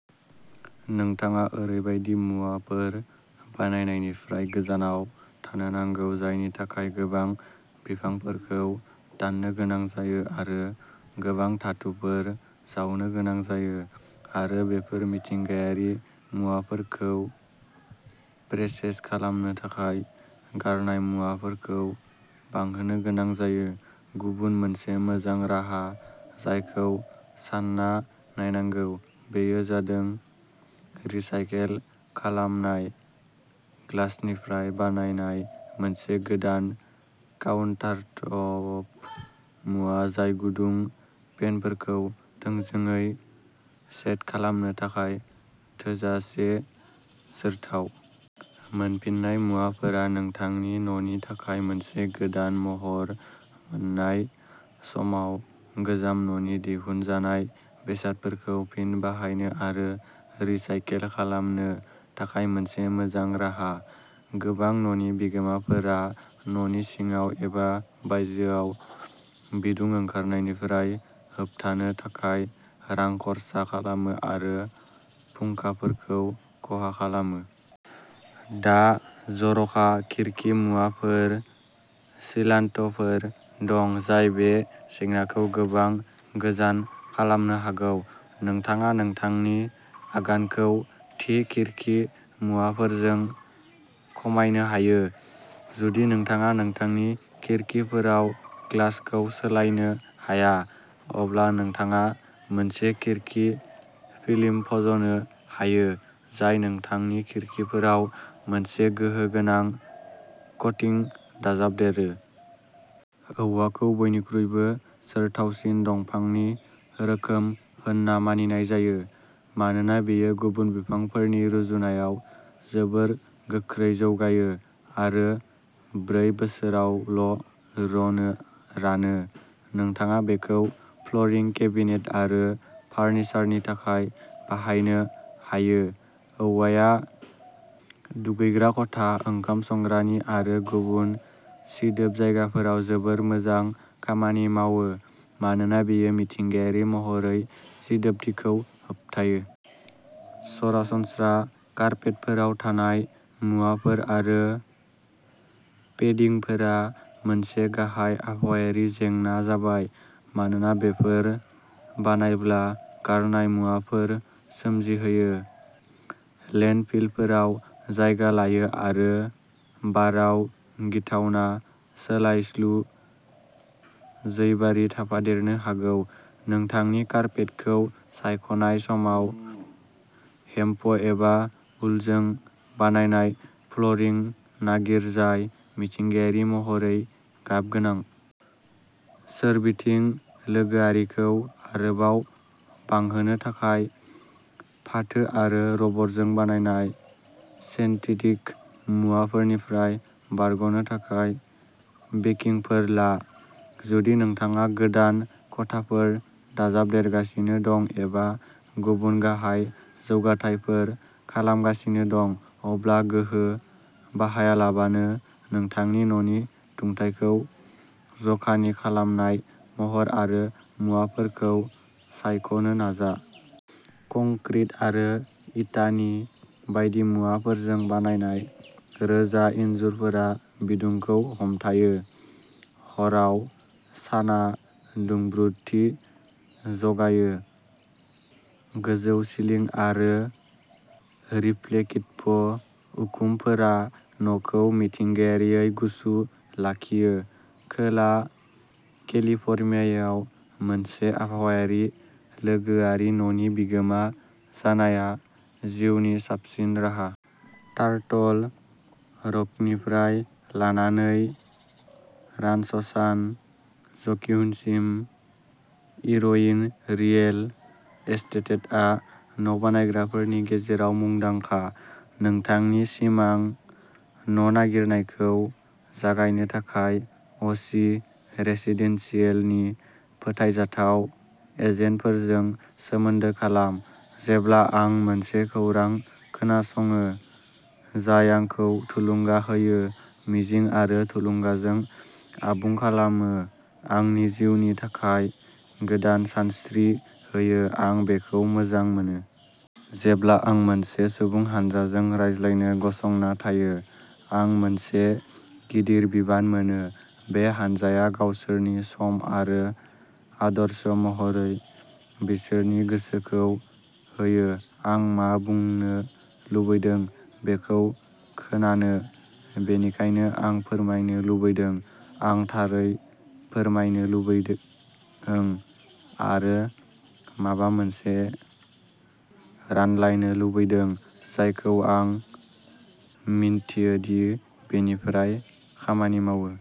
नोंथाङा ओरैबायदि मुवाफोर बायनायनिफ्राय गोजानाव थानो नांगौ जायनि थाखाय गोबां बिफांफोरखौ दाननो गोनां जायो गोबां धातुफोर जावनो गोनां जायो, आरो बेफोर मिथिंगायारि मुवाफोरखौ प्रसेस खालामनो थाखाय गारनाय मुवाफोरखौ बांहोनो गोनां जायो। गुबुन मोनसे मोजां राहा जायखौ सानना नायनांगौ, बेयो जादों रिसाइकेल खालामनाय ग्लासनिफ्राय बानायनाय मोनसे गोदान काउन्टारटप मुवा जाय गुदुं पेनफोरखौ थोंजोङै सेट खालामनो थाखाय थोजासे जोरथाव। मोनफिन्नाय मुवाफोरा नोंथांनि न'नि थाखाय मोनसे गोदान महर मोन्नाय समाव गोजाम न'नि दिहुनजानाय बेसादफोरखौ फिन बाहायनो आरो रिसाइकेल खालामनो थाखाय मोनसे मोजां राहा। गोबां न'नि बिगोमाफोरा न'नि सिङाव एबा बायजोआव बिदुं ओंखारनायनिफ्राय होबथानो थाखाय रां खरसा खालामो आरो फुंखाफोरखौ खहा खालामो। दा जर'खा खिरखि मुवाफोर आरो सिलान्टफोर दं, जाय बे जेंनाखौ गोबां गोजान खालामनो हागौ। नोंथाङा नोंथांनि आगानखौ थि खिरखि मुवाफोरजों खमायनो हायो। जुदि नोंथाङा नोंथांनि खिरखिफोराव ग्लासखौ सोलायनो हाया अब्ला नोंथाङा मोनसे खिरखि फिल्म फज'नो हायो, जाय नोंथांनि खिरखिफोराव मोनसे गोहो गोनां क'टिं दाजाबदेरो। औवाखौ बयनिख्रुइबो जोरथावसिन दंफांनि रोखोम होनना मानिनाय जायो मानोना बेयो गुबुन बिफांफोरनि रुजुनायाव जोबोद गोख्रै जौगायो आरो ब्रै बोसोरावल'रनो रानो। नोंथाङा बेखौ फ्ल'रिं, केबिनेट आरो फार्निचारनि थाखाय बाहायनो हायो। औवाया दुगैग्रा खथा, ओंखाम संग्रानि आरो गुबुन सिदोब जायगाफोराव जोबोद मोजां खामानि मावो मानोना बेयो मिथिंगायारि महरै सिदोबथिखौ होबथायो। सरासनस्रा कार्पेटफोराव थानाय मुवाफोर आरो पेदिंफोरा मोनसे गाहाय आबहावायारि जेंना जाबाय मानोना बेफोर बानायब्ला गारनाय मुवाफोर सोमजिहोयो, लेन्डफिलफोराव जायगा लायो आरो बाराव गिथावना सोलायस्लु जैबारि थाफादेरफोर हगारो। नोंथांनि कार्पेटखौ सायख'नाय समाव, हेम्प एबा उलजों बानायनाय फ्ल'रिं नागिर जाय मिथिंगायारि महरै गाब गोनां। सोरबिथिं लोगोआरिखौ आरोबाव बांहोनो थाखाय, फाथो आरो रबरजों बानायनाय सिन्थेटिक मुवाफोरनिफ्राय बारग'नो थाखाय बेकिंफोर ला। जुदि नोंथाङा गोदान खथाफोर दाजाबदेरगासिनो दं एबा गुबुन गाहाय जौगाथायफोर खालामगासिनो दं, अब्ला गोहो बाहायालाबानो नोंथांनि न'नि दुंथायखौ जखानि खालामनाय महर आरो मुवाफोरखौ सायख'नो नाजा। कंक्रिट आरो इटानि बायदि मुवाफोरजों बानायनाय रोजा इनजुरफोरा बिदुंखौ हमथायो। हराव सानआ दुंब्रुदथि जगायो। गोजौ सिलिं आरो रिफ्लेक्टिभ उखुमफोरा न'खौ मिथिंगायारियै गुसु लाखियो। खोला केलिफर्नियायाव मोनसे आबहावायारि लोगोआरि न'नि बिगोमा जानाया जिउनि साबसिन राहा। टार्टल रकनिफ्राय लानानै रान्च'सान ज'क्विनसिम, इरविन रियेल एस्टेटआ न'बायग्राफोरनि गेजेराव मुंदांखा। नोंथांनि सिमां न'नागिरनायखौ जागायनो थाखाय अ चि रेसिडेन्सियेलनि फोथायजाथाव एजेन्टफोरजों सोमोन्दो खालाम। जेब्ला आं मोनसे खौरां खोनासङो जाय आंखौ थुलुंगा होयो मिजिं आरो थुलुंगाजों आबुं खालामो आंनि जिउनि थाखाय गोदान सानस्रि होयो, आं बेखौ मोजां मोनो! जेब्ला आं मोनसे सुबुं हानजाजों रायज्लायनो गसंना थायो, आं मोनसे गिदिर बिबान मोनो। बे हानजाया गावसोरनि सम आरो आदर्श महरै बिसोरनि गोसोखौ होयो आं मा बुंनो लुबैदों बेखौ खोनानो। बेनिखायनो आं फोरमायनो लुबैदों आं थारै फोरमायनो लुगैदों आरो माबा मोनसे रानलायनो लुगैदों जायखौ आं मिन्थियो दि बेनिफ्राय खामानि मावो।